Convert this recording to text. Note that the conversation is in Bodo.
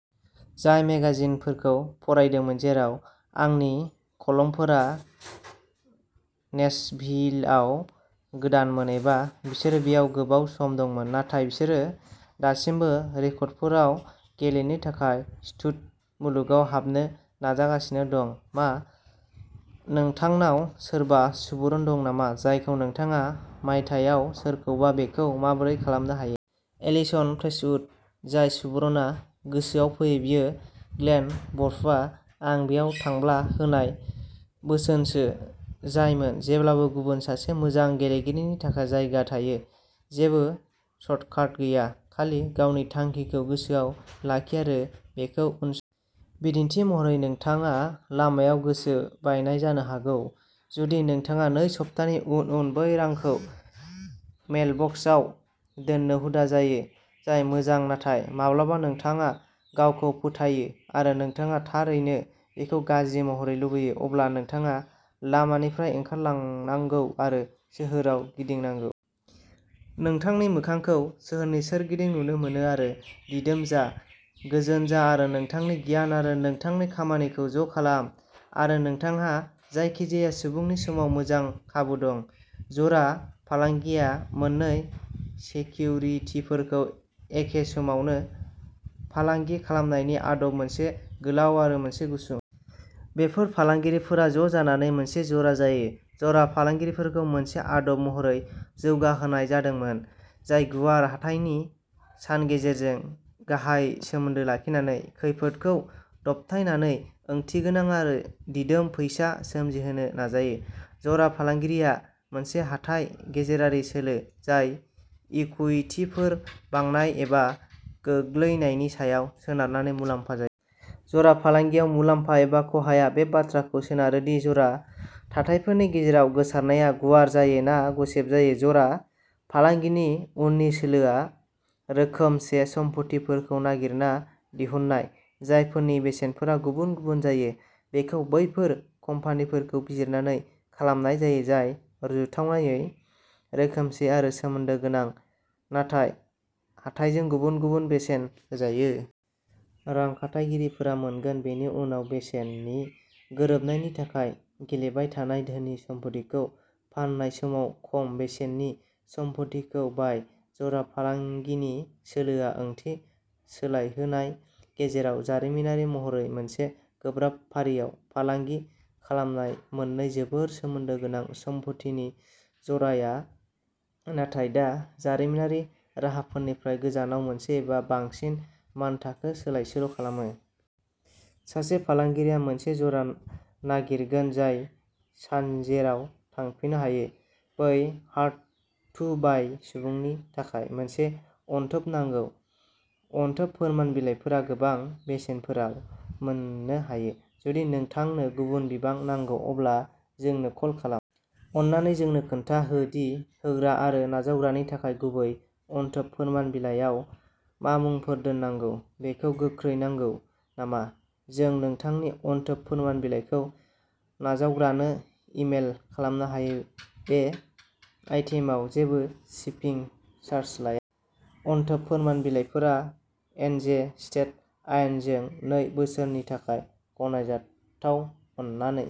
जाय मेगाजिनखौ फरायदोंमोन, जेराव आंनि कलमफोरा नेसभिलआव गोदानमोन एबा बिसोर बेयाव गोबाव सम दंमोन, नाथाय बिसोरो दासिमबो रेकर्डफोराव गेलेनो थाखाय स्टुड'मुलुगाव हाबनो नाजागासिनो दं। मा नोंथांनाव सोरबा सुबुरुन दं नामा, जायखौ नोंथाङा मायथाइयाव सोरखौबा बेखौ माबोरै खालामनो हायो? एलिसन प्रेस्टउड जाय सुबुरुनआ गोसोआव फैयो, बेयो ग्लेन वर्फआ आं बेयाव थांब्ला होनाय बोसोनसो, जायमोन जेब्लाबो गुबुन सासे मोजां गेलेगिरिनि थाखाय जायगा थायो। जेबो सर्टकाट गैया खालि गावनि थांखिखौ गोसोआव लाखि आरो बेखौ उनसं। बिदिन्थि महरै, नोंथाङा लामायाव गोसो बायनाय जानो हागौ जुदि नोंथाङा नै सप्तानि उन उन बै रांखौ मेल बक्सआव दोननो हुदा जायो, जाय मोजां नाथाय माब्लाबा नोंथाङा गावखौ फोथायो आरो नोंथाङा थारैनो बेखौ गाज्रि महरै लुबैयो, अब्ला नोंथाङा लामानिफ्राय ओंखारलांनांगौ आरो सोहोराव गिदिंनांगौ। नोंथांनि मोखांखौ सोहोरनि सोरगिदिं नुनो मोनो आरो दिदोम जा, गोजोन जा आरो नोंथांनि गियार आरो नोंथांनि खामानिखौ ज' खालाम आरो नोंथांहा जायखिजाया सुबुंनि समान मोजां खाबु दं। जरा फालांगिआ मोननै सेकिउरिटिफोरखौ एखे समावनो फालांगि खालामनायनि आदब, मोनसे गोलाव आरो मोनसे गुसुं। बेफोर फालांगिफोरा ज' जानानै मोनसे जरा जायो। जरा फालांगिखौ मोनसे आदब महरै जौगाहोनाय जादोंमोन जाय गुवार हाथाइनि सानजेरजों गाहाय सोमोन्दो लाखिनानै खैफोदखौ दबथायनानै ओंथिगोनां आरो दिदोम फैसा सोमजिहोनो नाजायो। जरा फालांगिआ मोनसे हाथाइ गेजेरारि सोलो, जाय इकुइटिफोर बांनाय एबा गोग्लैनायनि सायाव सोनारनानै मुलाम्फा जायो। जरा फालांगियाव मुलाम्फा एबा खहाया बे बाथ्राखौ सोनारो दि जरा थाथायफोरनि गेजेराव गोसारनाया गुवार जायो ना गुसेब जायो। जरा फालांगिनि उननि सोलोआ रोखोमसे सम्फथिफोरखौ नागिरना दिहुननाय, जायफोरनि बेसेनफोरा गुबुन-गुबुन जायो। बेखौ बैफोर कम्पानिफोरखौ बिजिरनानै खालामनाय जायो, जाय रुजुथावनायै रोखोमसे आरो सोमोन्दो गोनां नाथाय हाथाइजों गुबुन-गुबुन बेसेन होजायो। रां खाथायगिरिफोरा मोनगोन। बेनि उनाव बेसेननि गोरोबनायनि थाखाय गेलेबाय थानाय धोनि सम्फथिखौ फान्नाय समाव खम बेसेननि सम्फथिखौ बाय। जरा फालांगिनि सोलोआ ओंथि सोलायहोनाय। जेराव जारिमिनारि महरै मोनसे गोब्राब फारियाव फालांगि खालामजानाय मोननै जोबोद सोमोन्दो गोनां सम्फथिनि जराआ नाथाय दा जारिमिनारि राहाफोरनिफ्राय गोजानाव मोनसे एबा बांसिन मानथाखो सोलायसोल'खालामो। सासे फालांगिरिया मोनसे जरा नागिरगोन जाय सानजेराव थांफिननो हायो। बै हार्ड टु बाय' सुबुंनि थाखाय मोनसे अनथोब नांगौ? अनथोब फोरमान बिलाइफोरा गोबां बेसेनफोराव मोननो हायो जुदि नोंथांनो गुबुन बिबां नांगौ, अब्ला जोंनो कल खालाम। अननानै जोंनो खोन्था हो दि होग्रा आरो नाजावग्रानि थाखाय गुबै अनथोब फोरमान बिलाइयाव मा मुंफोर दोननांगौ। बेखौ गोख्रै नांगौ नामा? जों नोंथांनि अनथोब फोरमान बिलाइखौ नाजावग्रानो इमेल खालामनो हायो। बे आइटेमआव जेबो शिपिं चार्ज लाया। अनथोब फोरमान बिलाइफोरा एनजे स्टेट आयेनजों नै बोसोरनि थाखाय गनायजाथाव अननानै।